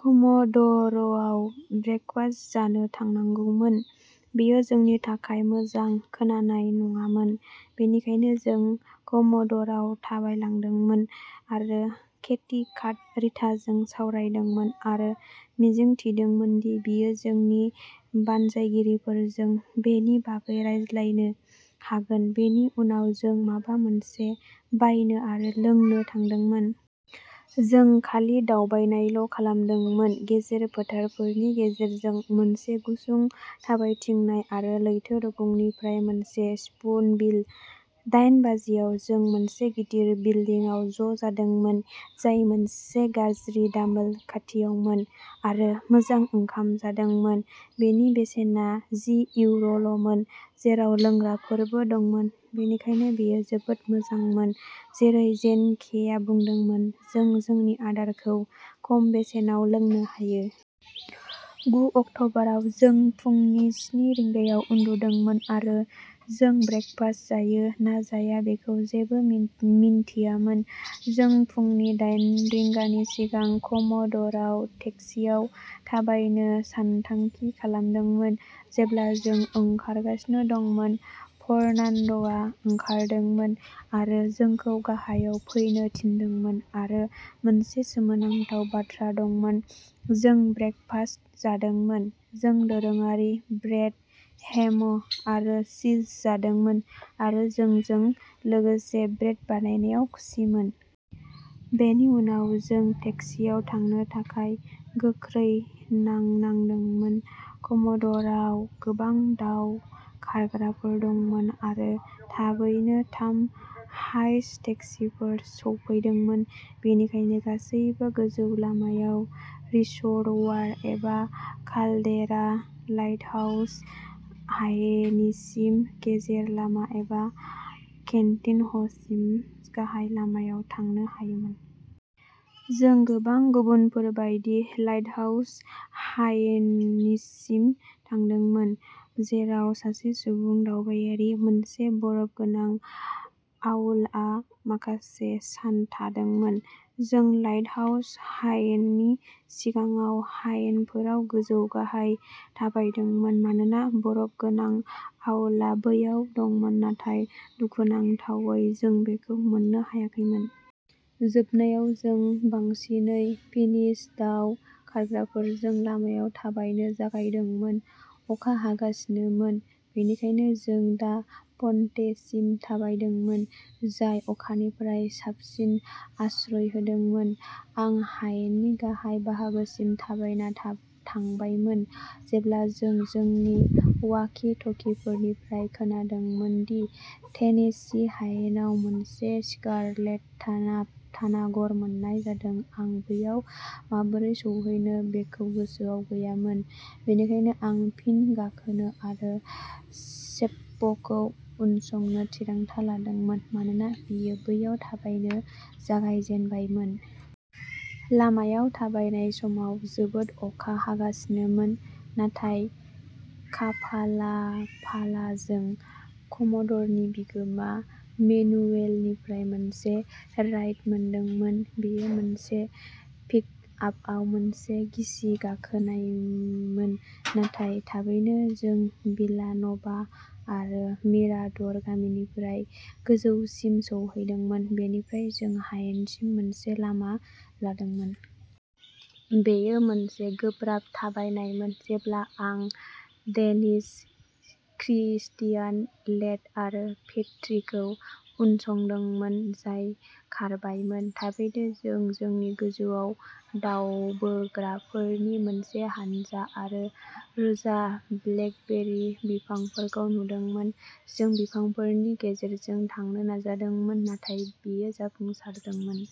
कम'ड'र'आव breakfast जानो थांनांगौमोन। बेयो जोंनि थाखाय मोजां खोनानाय नङामोन, बेनिखायनो जों कम'ड'र'आव थाबायलांदोंमोन आरो केथी काट रिताजों सावरायदोंमोन आरो मिजिं थिदोंमोन दि बियो जोंनि बानजायगिरिफोरजों बेनि बागै रायज्लायनो हागोन। बेनि उनाव जों माबा मोनसे बायनो आरो लोंनो थांदोंमोन। जों खालि दावबायनायल' खालामदोंमोन, गेजेर फोथारफोरनि गेजेरजों मोनसे गुसुं थाबायथिंनाय आरो लैथो रुगुंनिफ्राय मोनसे स्पुनबिल। दायेन बाजियाव जों मोनसे गिदिर बिल्डिंआव ज'जादोंमोन, जाय मोनसे गाज्रि दामोल खाथियावमोन आरो मोजां ओंखाम जादोंमोन। बेनि बेसेना जि इउर' ल'मोन, जेराव लोंग्राफोरबो दंमोन बेनिखायनो बेयो जोबोद मोजांमोन जेरै जेन केआ बुंदोंमोन जों जोंनि आदारखौ खम बेसेनाव लोंनो हायो। गु अक्ट'बराव जों फुंनि स्नि रिंगायाव उन्दुदोंमोन आरो जों ब्रेकफास्ट जायो ना जाया बेखौ जेबो मिन्थियामोन, जों फुंनि दायेन रिंगानि सिगां कम'ड'र'आव टेक्सिआव थाबायनो सानथांखि खालामदोंमोन। जेब्ला जों ओंखारगासिनो दंमोन, फर्नान्ड'आ ओंखारदोंमोन। आरो जोंखौ गाहायाव फैनो थिनदोंमोन आरो मोनसे सोमोनांथाव बाथ्रा दंमोन जों ब्रेकफास्ट जादोंमोन जों दोरोङारि ब्रेड, हेम आरो चीज जादोंमोन आरो जोंजों लोगोसे ब्रेड बानायनायाव खुसिमोन। बेनि उनाव जों टेक्सिआव थांनो थाखाय गोख्रै नांनांदोंमोन। कम'डर'आव गोबां दाव खारग्राफोर दंमोन आरो थाबैनो थाम हाइस टेक्सिफोर सौफैदोंमोन। बेनिखायनो गासैबो गोजौ लामायाव रिसर्वायर एबा काल्डेइरा, लाइटहाउस हायेनिसिम गेजेर लामा एबा केन्टिनह'सिम गाहाय लामायाव थांनो हायोमोन। जों, गोबां गुबुनफोर बायदि, लाइटहाउस हायेनसिम थांदोंमोन जेराव सासे गुबुन दावबायारि, मोनसे बरफ गोनां आउलआ माखासे सान थादोंमोन। जों लाइटहाउस हायेननि सिगाङाव हायेनफोराव गोजौ-गाहाय थाबायदोंमोन मानोना बरफ गोनां आउलआ बैयाव दंमोन नाथाय दुखुनांथावै जों बेखौ मोननो हायाखैमोन। जोबनायाव जों बांसिनै फिनिश दाव खारग्राफोरजों लामायाव थाबायनो जागायदोंमोन। अखा हागासिनोमोन, बेनिखायनो जों दा पन्टेसिम थाबायदोंमोन। जाय अखानिफ्राय साबसिन आश्रय होदोंमोन। आं हायेननि गाहाय बाहागोसिम थाबायना थांबायमोन, जेब्ला जों जोंनि वाकि-टकिफोरनिफ्राय खोनादोंमोन दि टेनेसि हायेनाव मोनसे स्कारलेट तानागर मोननाय जादों आं बैयाव माबोरै सौहैनो बेखौ गोसोआव गैयामोन, बेनिखायनो आं फिन गाखोनो आरो सेप्प'खौ उनसंनो थिरांथा लादोंमोन मानोना बियो बैयाव थाबायनो जागायजेनबायमोन। लामायाव थाबायनाय समाव जोबोद अखा हागासिनोमोन, नाथाय खाफालाफाला जों कम'डर'नि बिगोमा मेनुएलनिफ्राय मोनसे राइड मोनदोंमोन। बेयो मोनसे पिकआपआव मोनसे गिसि गाखोनायमोन, नाथाय थाबैनो जों भिला नभा आरो मिराड'र' गामिनिफ्राय गोजौसिम सौहैदोंमोन। बेनिफ्राय जों हायेनसिम मोनसे लामा लादोंमोन। बेयो मोनसे गोब्राब थाबायनायमोन जेब्ला आं डेनिश क्रिस्टियान लेथ आरो पेट्रिखौ उनसंदोंमोन, जाय खारबायमोन। थाबैनो जों जोंनि गोजौआव दावबोग्राफोरनि मोनसे हानजा आरो रोजा ब्लेकबेरी बिफांफोरखौ नुदोंमोन। जों बिफांफोरनि गेजेरजों थांनो नाजादोंमोन नाथाय बेयो जाफुंसारदोंमोन।